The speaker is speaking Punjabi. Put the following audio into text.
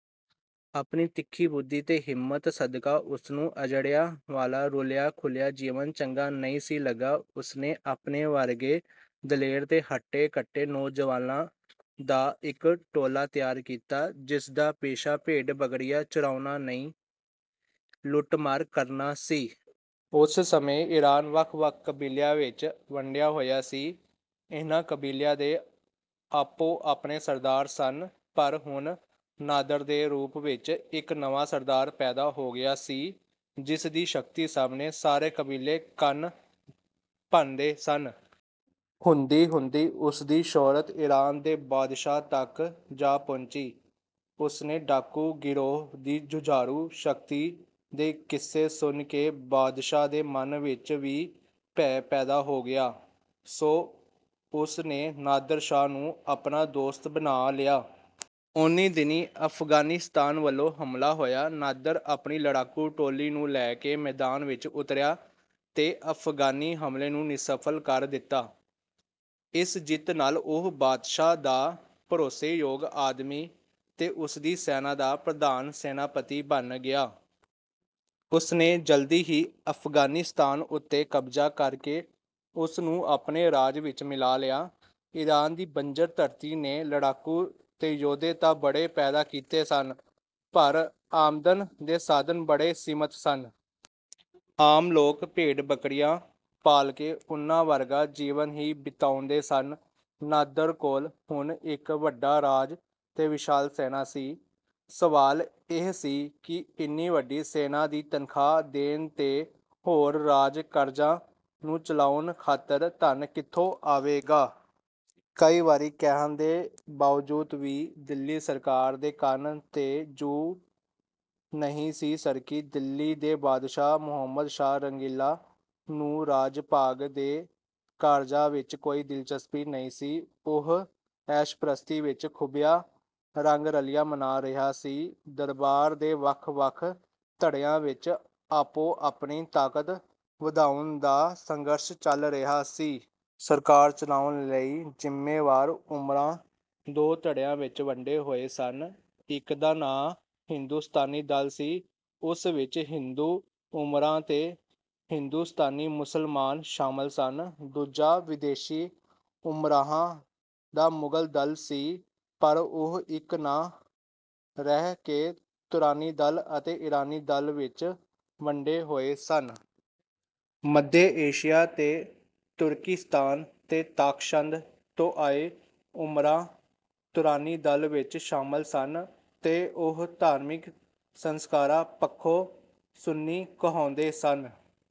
ਆਪਣੀ ਤਿੱਖੀ-ਬੁੱਧੀ ਤੇ ਹਿੰਮਤ ਸਦਕਾ ਉਸਨੂੰ ਆਜੜੀਆਂ ਵਾਲਾ, ਰੁਲਿਆ-ਖੁਲਿਆ ਜੀਵਨ ਚੰਗਾ ਨਹੀਂ ਸੀ ਲੱਗਾ। ਉਸਨੇ ਆਪਣੇ ਵਰਗੇ ਦਲੇਰ ਤੇ ਹੱਟੇ-ਕੱਟੇ ਨੌਜਵਾਨਾਂ ਦਾ ਇੱਕ ਟੋਲਾ ਤਿਆਰ ਕੀਤਾ, ਜਿਸ ਦਾ ਪੇਸ਼ਾ ਭੇਡ-ਬੱਕਰੀਆਂ ਚਰਾਉਣਾ ਨਹੀਂ, ਲੁੱਟ-ਮਾਰ ਕਰਨਾ ਸੀ। ਉਸ ਸਮੇਂ ਈਰਾਨ ਵੱਖ-ਵੱਖ ਕਬੀਲਿਆਂ ਵਿੱਚ ਵੰਡਿਆ ਹੋਇਆ ਸੀ। ਇਹਨਾਂ ਕਬੀਲਿਆਂ ਦੇ ਆਪੋ-ਆਪਣੇ ਸਰਦਾਰ ਸਨ। ਪਰ ਹੁਣ ਨਾਦਰ ਦੇ ਰੂਪ ਵਿੱਚ ਇੱਕ ਨਵਾਂ ਸਰਦਾਰ ਪੈਦਾ ਹੋ ਗਿਆ ਸੀ, ਜਿਸ ਦੀ ਸ਼ਕਤੀ ਸਾਹਮਣੇ ਸਾਰੇ ਕਬੀਲੇ ਕੰਨ ਭੰਨਦੇ ਸਨ। ਹੁੰਦੀ-ਹੁੰਦੀ ਉਸ ਦੀ ਸ਼ੋਹਰਤ ਈਰਾਨ ਦੇ ਬਾਦਸ਼ਾਹ ਤੱਕ ਜਾ ਪਹੁੰਚੀ। ਉਸ ਦੇ ਡਾਕੂ-ਗਿਰੋਹ ਦੀ ਜੁਝਾਰੂ ਸ਼ਕਤੀ ਦੇ ਕਿੱਸੇ ਸੁਣ ਕੇ ਬਾਦਸ਼ਾਹ ਦੇ ਮਨ ਵਿੱਚ ਵੀ ਭੈ ਪੈਦਾ ਹੋ ਗਿਆ, ਸੋ ਉਸ ਨੇ ਨਾਦਰ ਸ਼ਾਹ ਨੂੰ ਆਪਣਾ ਦੋਸਤ ਬਣਾ ਲਿਆ। ਓਨੀਂ ਦਿਨੀਂ ਅਫ਼ਗਾਨਿਸਤਾਨ ਵੱਲੋਂ ਹਮਲਾ ਹੋਇਆ। ਨਾਦਰ ਆਪਣੀ ਲੜਾਕੂ ਟੋਲੀ ਨੂੰ ਲੈ ਕੇ ਮੈਦਾਨ ਵਿੱਚ ਉਤਰਿਆ ਤੇ ਅਫ਼ਗਾਨੀ ਹਮਲੇ ਨੂੰ ਨਿਸਫਲ ਕਰ ਦਿੱਤਾ। ਇਸ ਜਿੱਤ ਨਾਲ ਉਹ ਬਾਦਸ਼ਾਹ ਦਾ ਭਰੋਸੇ-ਯੋਗ ਆਦਮੀ ਤੇ ਉਸ ਦੀ ਸੈਨਾ ਦਾ ਪ੍ਰਧਾਨ-ਸੈਨਾਪਤੀ ਬਣ ਗਿਆ। ਉਸਨੇ ਜਲਦੀ ਹੀ ਅਫ਼ਗਾਨਿਸਤਾਨ ਉੱਤੇ ਕਬਜ਼ਾ ਕਰਕੇ ਉਸ ਨੂੰ ਆਪਣੇ ਰਾਜ ਵਿੱਚ ਮਿਲਾ ਲਿਆ। ਈਰਾਨ ਦੀ ਬੰਜਰ ਧਰਤੀ ਨੇ ਲੜਾਕੂ ਤੇ ਯੋਧੇ ਤਾਂ ਬੜੇ ਪੈਦਾ ਕੀਤੇ ਸਨ, ਪਰ ਆਮਦਨ ਦੇ ਸਾਧਨ ਬੜੇ ਸੀਮਤ ਸਨ। ਆਮ ਲੋਕ ਭੇਡ-ਬੱਕਰੀਆਂ ਪਾਲ ਕੇ ਉਹਨਾਂ ਵਰਗਾ ਜੀਵਨ ਹੀ ਬਿਤਾਉਂਦੇ ਸਨ। ਨਾਦਰ ਕੋਲ ਹੁਣ ਇੱਕ ਵੱਡਾ ਰਾਜ ਤੇ ਵਿਸ਼ਾਲ ਸੈਨਾ ਸੀ। ਸਵਾਲ ਇਹ ਸੀ ਕਿ ਇੰਨੀ ਵੱਡੀ ਸੈਨਾ ਦੀ ਤਨਖਾਹ ਦੇਣ ਤੇ ਹੋਰ ਰਾਜ-ਕਾਰਜਾਂ ਨੂੰ ਚਲਾਉਣ ਖਾਤਰ ਧਨ ਕਿੱਥੋਂ ਆਵੇਗਾ? ਕਈ ਵਾਰੀ ਕਹਿਣ ਦੇ ਬਾਵਜੂਦ ਵੀ ਦਿੱਲੀ ਸਰਕਾਰ ਦੇ ਕੰਨ 'ਤੇ ਜੂੰ ਨਹੀਂ ਸੀ ਸਰਕੀ। ਦਿੱਲੀ ਦੇ ਬਾਦਸ਼ਾਹ ਮੁਹੰਮਦ ਸ਼ਾਹ ਰੰਗੀਲਾ ਨੂੰ ਰਾਜ-ਭਾਗ ਦੇ ਕਾਰਜਾਂ ਵਿੱਚ ਕੋਈ ਦਿਲਚਸਪੀ ਨਹੀਂ ਸੀ। ਉਹ ਐਸ਼-ਪ੍ਰਸਤੀ ਵਿੱਚ ਖੁੱਭਿਆ, ਰੰਗ-ਰਲੀਆਂ ਮਨਾ ਰਿਹਾ ਸੀ ਦਰਬਾਰ ਦੇ ਵੱਖ-ਵੱਖ ਧੜਿਆਂ ਵਿੱਚ ਆਪੋ-ਆਪਣੀ ਤਾਕਤ ਵਧਾਉਣ ਦਾ ਸੰਘਰਸ਼ ਚੱਲ ਰਿਹਾ ਸੀ। ਸਰਕਾਰ ਚਲਾਉਣ ਲਈ ਜ਼ਿੰਮੇਵਾਰ ਉਮਰਾ, ਦੋ ਧੜਿਆਂ ਵਿੱਚ ਵੰਡੇ ਹੋਏ ਸਨ। ਇੱਕ ਦਾ ਨਾਂ ਹਿੰਦੁਸਤਾਨੀ-ਦਲ ਸੀ, ਉਸ ਵਿੱਚ ਹਿੰਦੂ-ਉਮਰਾ ਤੇ ਹਿੰਦੁਸਤਾਨੀ ਮੁਸਲਮਾਨ ਸ਼ਾਮਲ ਸਨ। ਦੂਜਾ ਵਿਦੇਸ਼ੀ ਉਮਰਾਵਾਂ ਦਾ ਮੁਗ਼ਲ-ਦਲ ਸੀ। ਪਰ ਉਹ ਇੱਕ ਨਾ ਰਹਿ ਕੇ ਤੁਰਾਨੀ-ਦਲ ਅਤੇ ਈਰਾਨੀ-ਦਲ ਵਿੱਚ ਵੰਡੇ ਹੋਏ ਸਨ। ਮੱਧ ਏਸ਼ੀਆ ਦੇ ਤੁਰਕਿਸਤਾਨ ਤੇ ਤਾਸ਼ਕੰਦ ਤੋਂ ਆਏ ਉਮਰਾ, ਤੁਰਾਨੀ-ਦਲ ਵਿੱਚ ਸ਼ਾਮਲ ਸਨ ਤੇ ਉਹ ਧਾਰਮਿਕ ਸੰਸਕਾਰਾਂ ਪੱਖੋਂ 'ਸੁੰਨੀ' ਕਹਾਉਂਦੇ ਸਨ।